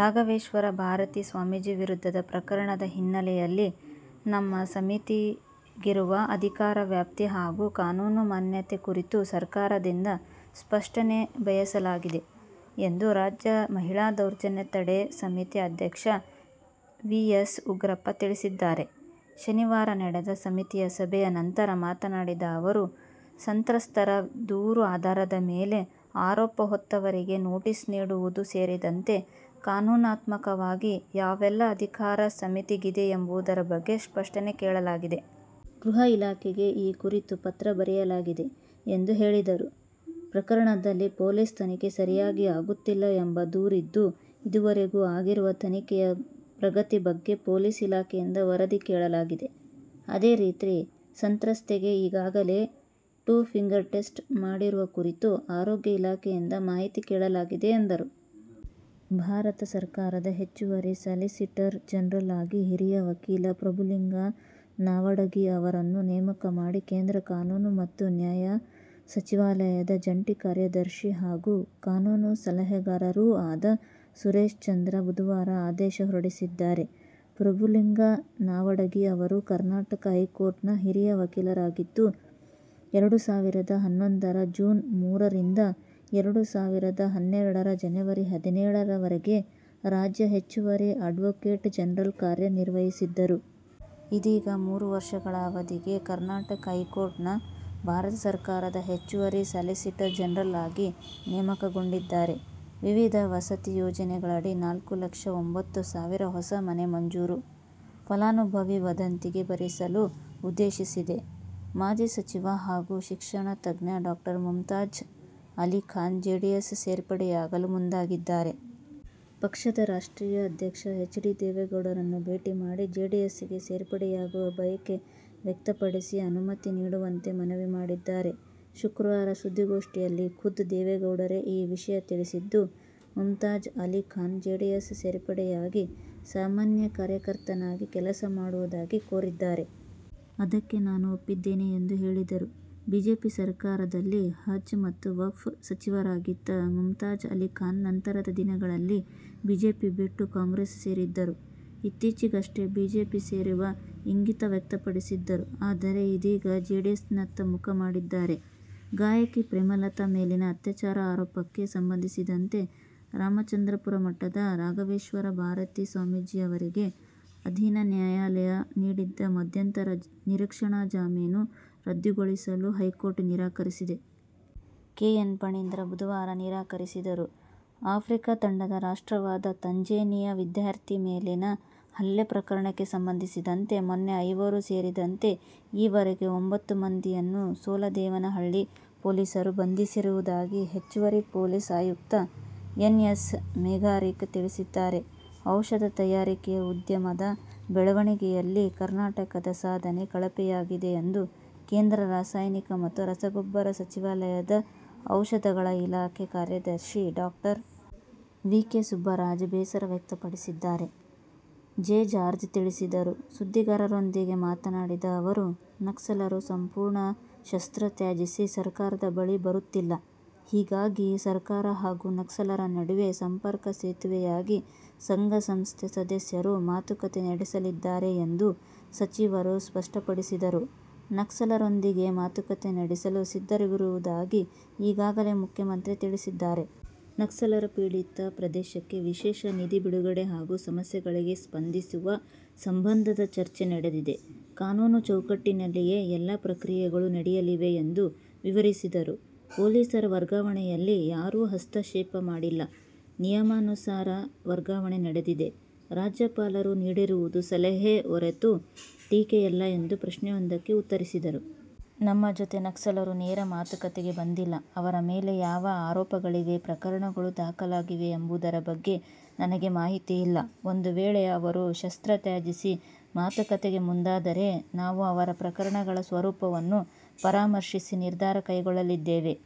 ರಾಘವೇಶ್ವರ ಭಾರತಿ ಸ್ವಾಮೀಜಿ ವಿರುದ್ಧದ ಪ್ರಕರಣದ ಹಿನ್ನೆಲೆಯಲ್ಲಿ ನಮ್ಮ ಸಮಿತಿಗಿರುವ ಅಧಿಕಾರ ವ್ಯಾಪ್ತಿ ಹಾಗೂ ಕಾನೂನು ಮಾನ್ಯತೆ ಕುರಿತು ಸರ್ಕಾರದಿಂದ ಸ್ಪಷ್ಟನೆ ಬಯಸಲಾಗಿದೆ ಎಂದು ರಾಜ್ಯ ಮಹಿಳಾ ದೌರ್ಜನ್ಯ ತಡೆ ಸಮಿತಿ ಅಧ್ಯಕ್ಷ ವಿ. ಎಸ್. ಉಗ್ರಪ್ಪ ತಿಳಿಸಿದ್ದಾರೆ. ಶನಿವಾರ ನಡೆದ ಸಮಿತಿಯ ಸಭೆಯ ನಂತರ ಮಾತನಾಡಿದ ಅವರು, ಸಂತ್ರಸ್ತರ ದೂರು ಆಧಾರದ ಮೇಲೆ ಆರೋಪ ಹೊತ್ತವರಿಗೆ ನೋಟಿಸ್ ನೀಡುವುದು ಸೇರಿದಂತೆ ಕಾನೂನಾತ್ಮಕವಾಗಿ ಯಾವೆಲ್ಲಾ ಅಧಿಕಾರ ಸಮಿತಿಗಿದೆ ಎಂಬುದರ ಬಗ್ಗೆ ಸ್ಪಷ್ಟನೆ ಕೇಳಲಾಗಿದೆ. ಗೃಹ ಇಲಾಖೆಗೆ ಈ ಕುರಿತು ಪತ್ರ ಬರೆಯಲಾಗಿದೆ ಎಂದು ಹೇಳಿದರು. ಪ್ರಕರಣದಲ್ಲಿ ಪೊಲೀಸ್ ತನಿಖೆ ಸರಿಯಾಗಿ ಆಗುತ್ತಿಲ್ಲ ಎಂಬ ದೂರಿದ್ದು, ಇದುವರೆಗೂ ಆಗಿರುವ ತನಿಖೆಯ ಪ್ರಗತಿ ಬಗ್ಗೆ ಪೊಲೀಸ್ ಇಲಾಖೆಯಿಂದ ವರದಿ ಕೇಳಲಾಗಿದೆ. ಅದೇ ರೀತಿ ಸಂತ್ರಸ್ತೆಗೆ ಈಗಾಗಲೇ "ಟೂ ಫಿಂಗರ್ ಟೆಸ್ಟ್' ಮಾಡಿರುವ ಕುರಿತು ಆರೋಗ್ಯ ಇಲಾಖೆಯಿಂದ ಮಾಹಿತಿ ಕೇಳಲಾಗಿದೆ ಎಂದರು. ಭಾರತ ಸರ್ಕಾರದ ಹೆಚ್ಚುವರಿ ಸಾಲಿಸಿಟರ್ ಜನರಲ್ ಆಗಿ ಹಿರಿಯ ವಕೀಲ ಪ್ರಭುಲಿಂಗ ನಾವಡಗಿ ಅವರನ್ನು ನೇಮಕ ಮಾಡಿ ಕೇಂದ್ರ ಕಾನೂನು ಮತ್ತು ನ್ಯಾಯ ಸಚಿವಾಲಯದ ಜಂಟಿ ಕಾರ್ಯದರ್ಶಿ ಹಾಗೂ ಕಾನೂನು ಸಲಹಾಗಾರರೂ ಆದ ಸುರೇಶ್ ಚಂದ್ರ ಬುಧವಾರ ಆದೇಶ ಹೊರಡಿಸಿದ್ದಾರೆ. ಪ್ರಭುಲಿಂಗ ನಾವಡಗಿ ಅವರು ಕರ್ನಾಟಕ ಹೈಕೋರ್ಟ್ನ ಹಿರಿಯ ವಕೀಲರಾಗಿದ್ದು, ಎರಡು ಸಾವಿರದ ಹನ್ನೊಂದರ ಜೂನ್ ಮೂರರಿಂದ ಎರಡು ಸಾವಿರದ ಹನ್ನೆರಡರ ಜನವರಿ ಹದಿನೇಳರವರೆಗೆ ರಾಜ್ಯ ಹೆಚ್ಚುವರಿ ಅಡ್ವೋಕೇಟ್ ಜನರಲ್ ಕಾರ್ಯ ನಿರ್ವಹಿಸಿದ್ದರು. ಇದೀಗ ಮೂರು ವರ್ಷಗಳ ಅವಧಿಗೆ ಕರ್ನಾಟಕ ಹೈಕೋರ್ಟ್ನಲ್ಲಿನ ಭಾರತ ಸರ್ಕಾರದ ಹೆಚ್ಚುವರಿ ಸಾಲಿಸಿಟರ್ ಜನರಲ್ ಆಗಿ ನೇಮಕಗೊಂಡಿದ್ದಾರೆ. ವಿವಿಧ ವಸತಿ ಯೋಜನೆಗಳಡಿ ನಾಲ್ಕುಲಕ್ಷ ಎಂಬತ್ತು ಸಾವಿರ ಹೊಸ ಮನೆ ಮಂಜೂರು. ಫಲಾನುಭವಿ ವಂತಿಗೆ ಭರಿಸಲು ಉದ್ದೇಶಿಸಿದೆ. ಮಾಜಿ ಸಚಿವ ಹಾಗೂ ಶಿಕ್ಷಣ ತಜ್ಞ ಡಾ ಮುಮ್ತಾಜ್ ಅಲಿಖಾನ್ ಜೆಡಿಎಸ್ ಸೇರ್ಪಡೆಯಾಗಲು ಮುಂದಾಗಿದ್ದಾರೆ. ಪಕ್ಷದ ರಾಷ್ಟ್ರೀಯ ಅಧ್ಯಕ್ಷ ಎಚ್. ಡಿ. ದೇವೇಗೌಡರನ್ನು ಭೇಟಿ ಮಾಡಿ ಜೆಡಿಎಸ್ಗೆ ಸೇರ್ಪಡೆಯಾಗುವ ಬಯಕೆ ವ್ಯಕ್ತಪಡಿಸಿ ಅನುಮತಿ ನೀಡುವಂತೆ ಮನವಿ ಮಾಡಿದ್ದಾರೆ. ಶುಕ್ರವಾರ ಸುದ್ದಿಗೋಷ್ಠಿಯಲ್ಲಿ ಖುದ್ದು ದೇವೇಗೌಡರೇ ಈ ವಿಷಯ ತಿಳಿಸಿದ್ದು, "ಮುಮ್ತಾಜ್ ಅಲಿ ಖಾನ್ ಜೆಡಿಎಸ್ ಸೇರ್ಪಡೆಯಾಗಿ ಸಾಮಾನ್ಯ ಕಾರ್ಯಕರ್ತನಾಗಿ ಕೆಲಸ ಮಾಡುವುದಾಗಿ ಕೋರಿದ್ದಾರೆ. ಅದಕ್ಕೆ ನಾನು ಒಪ್ಪಿದ್ದೇನೆ' ಎಂದು ಹೇಳಿದರು. ಬಿಜೆಪಿ ಸರ್ಕಾರದಲ್ಲಿ ಹಜ್ ಮತ್ತು ವಕ್ಫ್ ಸಚಿವರಾಗಿದ್ದ ಮುಮ್ತಾಜ್ ಅಲಿಖಾನ್ ನಂತರದ ದಿನಗಳಲ್ಲಿ ಬಿಜೆಪಿ ಬಿಟ್ಟು ಕಾಂಗ್ರೆಸ್ ಸೇರಿದ್ದರು. ಇತ್ತೀಚೆಗಷ್ಟೇ ಬಿಜೆಪಿ ಸೇರುವ ಇಂಗಿತ ವ್ಯಕ್ತಪಡಿಸಿದ್ದರು. ಆದರೆ, ಇದೀಗ ಜೆಡಿಎಸ್ನತ್ತ ಮುಖ ಮಾಡಿದ್ದಾರೆ. ಗಾಯಕಿ ಪ್ರೇಮಲತಾ ಮೇಲಿನ ಅತ್ಯಾಚಾರ ಆರೋಪಕ್ಕೆ ಸಂಬಂಧಿಸಿದಂತೆ ರಾಮಚಂದ್ರಪುರ ಮಠದ ರಾಘವೇಶ್ವರ ಭಾರತಿ ಸ್ವಾಮೀಜಿಯವರಿಗೆ ಅಧೀನ ನ್ಯಾಯಾಲಯ ನೀಡಿದ್ದ ಮಧ್ಯಂತರ ನಿರೀಕ್ಷಣಾ ಜಾಮೀನು ರದ್ದುಗೊಳಿಸಲು ಹೈಕೋರ್ಟ್ ನಿರಾಕರಿಸಿದೆ. ಕೆ. ಎನ್. ಫಣೀಂದ್ರ ಬುಧವಾರ ನಿರಾಕರಿಸಿದರು. ಆಫ್ರಿಕಾ ಖಂಡದ ರಾಷ್ಟ್ರವಾದ ತಾಂಜೇನಿಯಾ ವಿದ್ಯಾರ್ಥಿ ಮೇಲಿನ ಹಲ್ಲೆ ಪ್ರಕರಣಕ್ಕೆ ಸಂಬಂಧಿಸಿದಂತೆ ಮೊನ್ನೆ ಐವರು ಸೇರಿದಂತೆ ಈವರೆಗೆ ಒಂಬತ್ತು ಮಂದಿಯನ್ನು ಸೋಲದೇವನಹಳ್ಳಿ ಪೊಲೀಸರು ಬಂಧಿಸಿರುವುದಾಗಿ ಹೆಚ್ಚುವರಿ ಪೊಲೀಸ್ ಆಯುಕ್ತ ಎನ್ ಎಸ್ ಮೇಘರಿಕ್ ತಿಳಿಸಿದ್ದಾರೆ. ಔಷಧ ತಯಾರಿಕೆ ಉದ್ಯಮದ ಬೆಳವಣಿಗೆಯಲ್ಲಿ ಕರ್ನಾಟಕದ ಸಾಧನೆ ಕಳಪೆಯಾಗಿದೆ ಎಂದು ಕೇಂದ್ರ ರಾಸಾಯನಿಕ ಮತ್ತು ರಸಗೊಬ್ಬರ ಸಚಿವಾಲಯದ ಔಷಧಗಳ ಇಲಾಖೆ ಕಾರ್ಯದರ್ಶಿ ಡಾಕ್ಟರ್. ವಿ. ಕೆ. ಸುಬ್ಬರಾಜ್ ಬೇಸರ ವ್ಯಕ್ತಪಡಿಸಿದ್ದಾರೆ. ಜೆ. ಜಾರ್ಜ್ ತಿಳಿಸಿದರು. ಸುದ್ದಿಗಾರರೊಂದಿಗೆ ಮಾತನಾಡಿದ ಅವರು, ನಕ್ಸಲರು ಸಂಪೂರ್ಣ ಶಸ್ತ್ರ ತ್ಯಜಿಸಿ ಸರ್ಕಾರದ ಬಳಿ ಬರುತ್ತಿಲ್ಲ. ಹೀಗಾಗಿ ಸರ್ಕಾರ ಹಾಗೂ ನಕ್ಸಲರ ನಡುವೆ ಸಂಪರ್ಕ ಸೇತುವೆಯಾಗಿ ಸಂಘ-ಸಂಸ್ಥೆ ಸದಸ್ಯರು ಮಾತುಕತೆ ನಡೆಸಲಿದ್ದಾರೆ ಎಂದು ಸಚಿವರು ಸ್ಪಷ್ಟಪಡಿಸಿದರು. ನಕ್ಸಲರೊಂದಿಗೆ ಮಾತುಕತೆ ನಡೆಸಲು ಸಿದ್ಧವಿರುವುದಾಗಿ ಈಗಾಗಲೇ ಮುಖ್ಯಮಂತ್ರಿ ತಿಳಿಸಿದ್ದಾರೆ. ನಕ್ಸಲ ಪೀಡಿತ ಪ್ರದೇಶಕ್ಕೆ ವಿಶೇಷ ನಿಧಿ ಬಿಡುಗಡೆ ಹಾಗೂ ಸಮಸ್ಯೆಗಳಿಗೆ ಸ್ಪಂದಿಸುವ ಸಂಬಂಧದ ಚರ್ಚೆ ನಡೆದಿದೆ. ಕಾನೂನು ಚೌಕಟ್ಟಿನಲ್ಲಿಯೇ ಎಲ್ಲ ಪ್ರಕ್ರಿಯೆಗಳು ನಡೆಯಲಿವೆ ಎಂದು ವಿವರಿಸಿದರು. ಪೊಲೀಸರ ವರ್ಗಾವಣೆಯಲ್ಲಿ ಯಾರೂ ಹಸ್ತಕ್ಷೇಪ ಮಾಡಿಲ್ಲ. ನಿಯಮಾನುಸಾರ ವರ್ಗಾವಣೆ ನಡೆದಿದೆ. ರಾಜ್ಯಪಾಲರು ನೀಡಿರುವುದು ಸಲಹೆಯೇ ಹೊರತು ಟೀಕೆಯಲ್ಲ ಎಂದು ಪ್ರಶ್ನೆಯೊಂದಕ್ಕೆ ಉತ್ತರಿಸಿದರು. ನಮ್ಮ ಜೊತೆ ನಕ್ಸಲರು ನೇರ ಮಾತುಕತೆಗೆ ಬಂದಿಲ್ಲ, ಅವರ ಮೇಲೆ ಯಾವ ಆರೋಪಗಳಿವೆ, ಪ್ರಕರಣಗಳು ದಾಖಲಾಗಿವೆ ಎಂಬುದರ ಬಗ್ಗೆ ನನಗೆ ಮಾಹಿತಿ ಇಲ್ಲ, ಒಂದು ವೇಳೆ ಅವರು ಶಸ್ತ್ರ ತ್ಯಜಿಸಿ ಮಾತುಕತೆ ಮುಂದಾದರೆ ನಾವು ಅವರ ಪ್ರಕರಣಗಳ ಸ್ವರೂಪವನ್ನು ಪರಾಮರ್ಶಿಸಿ ನಿರ್ಧಾರ ಕೈಗೊಳ್ಳಲಿದ್ದೇವೆ.